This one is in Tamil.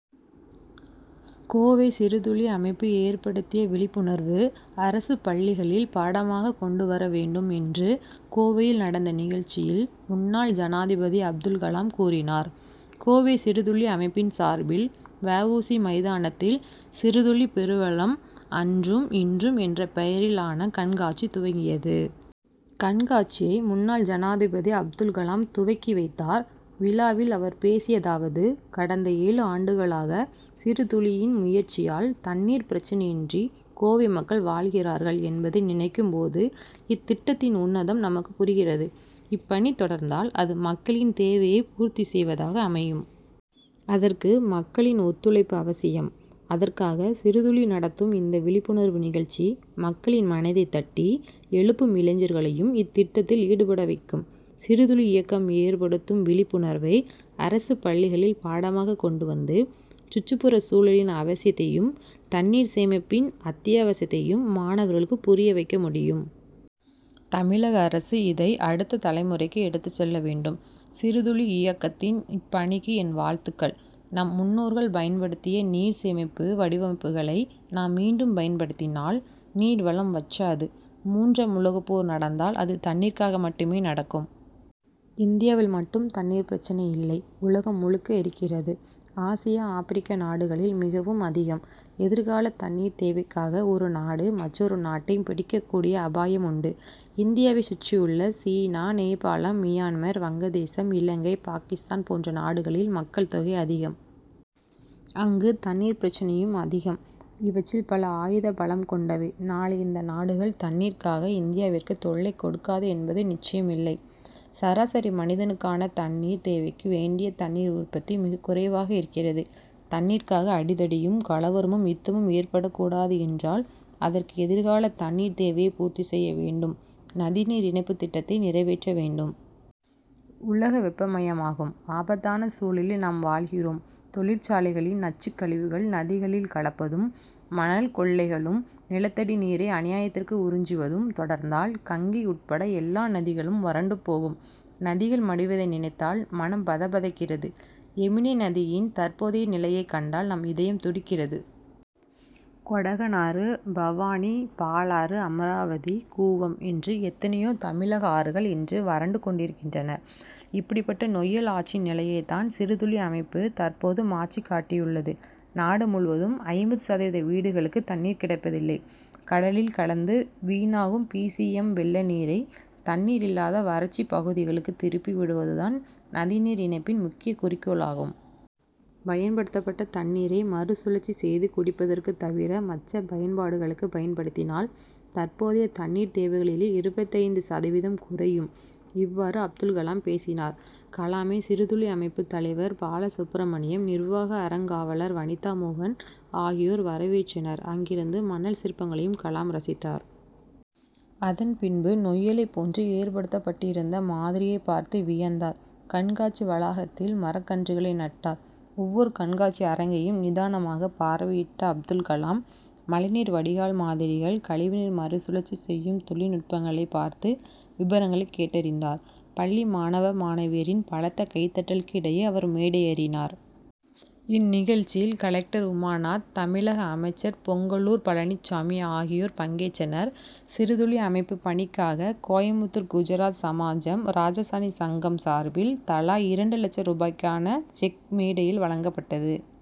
கோவை சிறுதுளி அமைப்பு ஏற்படுத்திய விழிப்புணர்வு, அரசு பள்ளிகளில் பாடமாக கொண்டு வரவேண்டும் என்று கோவையில் நடந்த நிகழ்ச்சியில் முன்னாள் ஜனாதிபதி அப்துல் கலாம் கூறினார். கோவை சிறுதுளி அமைப்பின் சார்பில், வ. உ. சி. மைதானத்தில் சிறுதுளி பெருவெள்ளம் அன்றும் இன்றும்' என்ற பெயரிலான கண்காட்சி துவங்கியது. கண்காட்சியை முன்னாள் ஜனாதிபதி அப்துல் கலாம் துவக்கி வைத்தார். விழாவில் அவர் பேசியதாவது கடந்த ஏழு ஆண்டுகளாக சிறுதுளியின் முயற்சியால் தண்ணீர் பிரச்னையின்றி கோவை மக்கள் வாழ்கிறார்கள் என்பதை நினைக்கும் போது இத்திட்டத்தின் உன்னதம் நமக்கு புரிகிறது. இப்பணி தொடர்ந்தால் அது மக்களின் தேவையைப் பூர்த்தி செய்வதாக அமையும். அதற்கு மக்களின் ஒத்துழைப்பு அவசியம். அதற்காக சிறுதுளி நடத்தும் இந்த விழிப்புணர்வு நிகழ்ச்சி மக்களின் மனதை தட்டி எழுப்பும் இளைஞர்களையும் இத்திட்டத்தில் ஈடுபடவைக்கும். சிறுதுளி இயக்கம் ஏற்படுத்தும் விழிப்புணர்வை, அரசு பள்ளிகளில் பாடமாக கொண்டுவந்து, சுற்றுப்புறச் சூழலின் அவசியத்தையும், தண்ணீர் சேமிப்பின் அத்தியாவசியத்தையும் மாணவர்களுக்கு புரிய வைக்க முடியும். தமிழக அரசு இதை அடுத்த தலை முறைக்கு எடுத்துச் செல்ல வேண்டும். சிறுதுளி இயக்கத்தின் இப்பணிக்கு என் வாழ்த்துக்கள். நம் முன்னோர்கள் பயன்படுத்திய நீர் சேமிப்பு வடிவமைப்புகளை நாம் மீண்டும் பயன்படுத்தினால் நீர் வளம் வற்றாது. மூன்றாம் உலகப்போர் நடந்தால், அது தண்ணீருக்காக மட்டுமே நடக்கும். இந்தியாவில் மட்டும் தண்ணீர் பிரச்னை இல்லை உலகம் முழுக்க இருக்கிறது. ஆசிய, ஆப்ரிக்க நாடுகளில் மிகவும் அதிகம். எதிர்கால தண்ணீர் தேவைக்காக ஒரு நாடு, மற்றொரு நாட்டை பிடிக்கக்கூடிய அபாயம் உண்டு. இந்தியாவை சுற்றியுள்ள, சீனா, நேபாளம், மியான்மர், வங்கதேசம், இலங்கை, பாகிஸ்தான் போன்ற நாடுகளில் மக்கள் தொகை அதிகம். அங்கு தண்ணீர் பிரச்னையும் அதிகம். இவற்றில் பல ஆயுத பலம் கொண்டவை. நாளை இந்த நாடுகள், தண்ணீருக்காக இந்தியாவிற்கு தொல்லை கொடுக்காது என்பது நிச்சயம் இல்லை. சராசரி மனிதனுக்கான தண்ணீர் தேவைக்கு வேண்டிய தண்ணீர் உற்பத்தி மிகக்குறைவாக இருக்கிறது. தண்ணீருக்காக அடிதடியும், கலவரமும் யுத்தமும் ஏற்படக்கூடாது என்றால் அதற்கு எதிர்காலத்தண்ணீர் தேவையை பூர்த்தி செய்ய வேண்டும் நதிநீர் இணைப்புத் திட்டத்தை நிறைவேற்ற வேண்டும். உலக வெப்பமயமாகும் ஆபத்தான சூழலில் நாம் வாழ்கிறோம். தொழிற்சாலைகளின் நச்சுக்கழிவுகள், நதிகளில் கலப்பதும், மணல் கொள்ளைகளும், நிலத்தடி நீரை அநியாயத்திற்கு உறிஞ்சுவதும் தொடர்ந்தால் கங்கை உட்பட எல்லா நதிகளும் வறண்டு போகும். நதிகள் மடிவதை நினைத்தால மனம் பதைபதைக்கிறது. யமுனை நதியின் தற்போதைய நிலையை கண்டால் நம் இதயம் துடிக்கிறது. கொடகனாறு, பவானி, பாலாறு, அமராவதி, கூவம் என்று எத்தனையோ தமிழக ஆறுகள் இன்று வறண்டு கொண்டிருக்கின்றன. இப்படிப்பட்ட நொய்யல் ஆற்றின் நிலையைத்தான் சிறுதுளி அமைப்பு தற்போது மாற்றிக்காட்டியுள்ளது. நாடுமுழுவதும் ஐம்பது சதவீத வீடுகளுக்கு தண்ணீர் கிடைப்பதில்லை. கடலில் கலந்து வீணாகும் பி. சி. எம்., வெள்ள நீரை, தண்ணீர் இல்லாத வறட்சிப் பகுதிகளுக்கு திருப்பி விடுவது தான் நதிநீர் இணைப்பின் முக்கிய குறிக்கோளாகும். பயன்படுத்தப்பட்ட தண்ணீரை மறுசுழற்சி செய்து குடிப்பதற்கு தவிர மற்ற பயன்பாடுகளுக்கு பயன்படுத்தினால், தற்போதைய தண்ணீர் தேவையில் இருபத்தைந்து சதவீதம் குறையும். இவ்வாறு அப்துல் கலாம் பேசினார். கலாமை சிறுதுளி அமைப்பு தலைவர் பாலசுப்ரமணியம், நிர்வாக அறங்காவலர் வனிதா மோகன் ஆகியோர் வரவேற்றனர். அங்கிருந்த மணல் சிற்பங்களை கலாம் ரசித்தார். அதன் பின்பு நொய்யலைப் போன்று ஏற்படுத்தப்பட்டிருந்த மாதிரியைப் பார்த்து வியந்தார். கண்காட்சி வளாகத்தில் மரக்கன்றுகளை நட்டார். ஒவ்வொரு கண்காட்சி அரங்கையும் நிதானமாகப் பார்வையிட்ட அப்துல் கலாம், மழைநீர் வடிகால் மாதிரிகள், கழிவுநீர் மறுசுழற்சி செய்யும் தொழில்நுட்பங்களைப் பார்த்து, விபரங்கள் கேட்டறிந்தார். பள்ளி மாணவ மாணவியரின் பலத்த கைதட்டலுக்கு இடையே அவர் மேடையேறினார். இந்நிகழ்ச்சியில் கலெக்டர் உமாநாத், தமிழக அமைச்சர் பொங்கலூர் பழனிச்சாமி ஆகியோர் பங்கேற்றனர். சிறுதுளி அமைப்பு பணிக்காக கோயமுத்தூர் குஜராத் சமாஜம், ராஜஸ்தானி சங்கம் சார்பில் தலா இரண்டு லட்ச ரூபாய்க்கான செக் மேடையில் வழங்கப்பட்டது.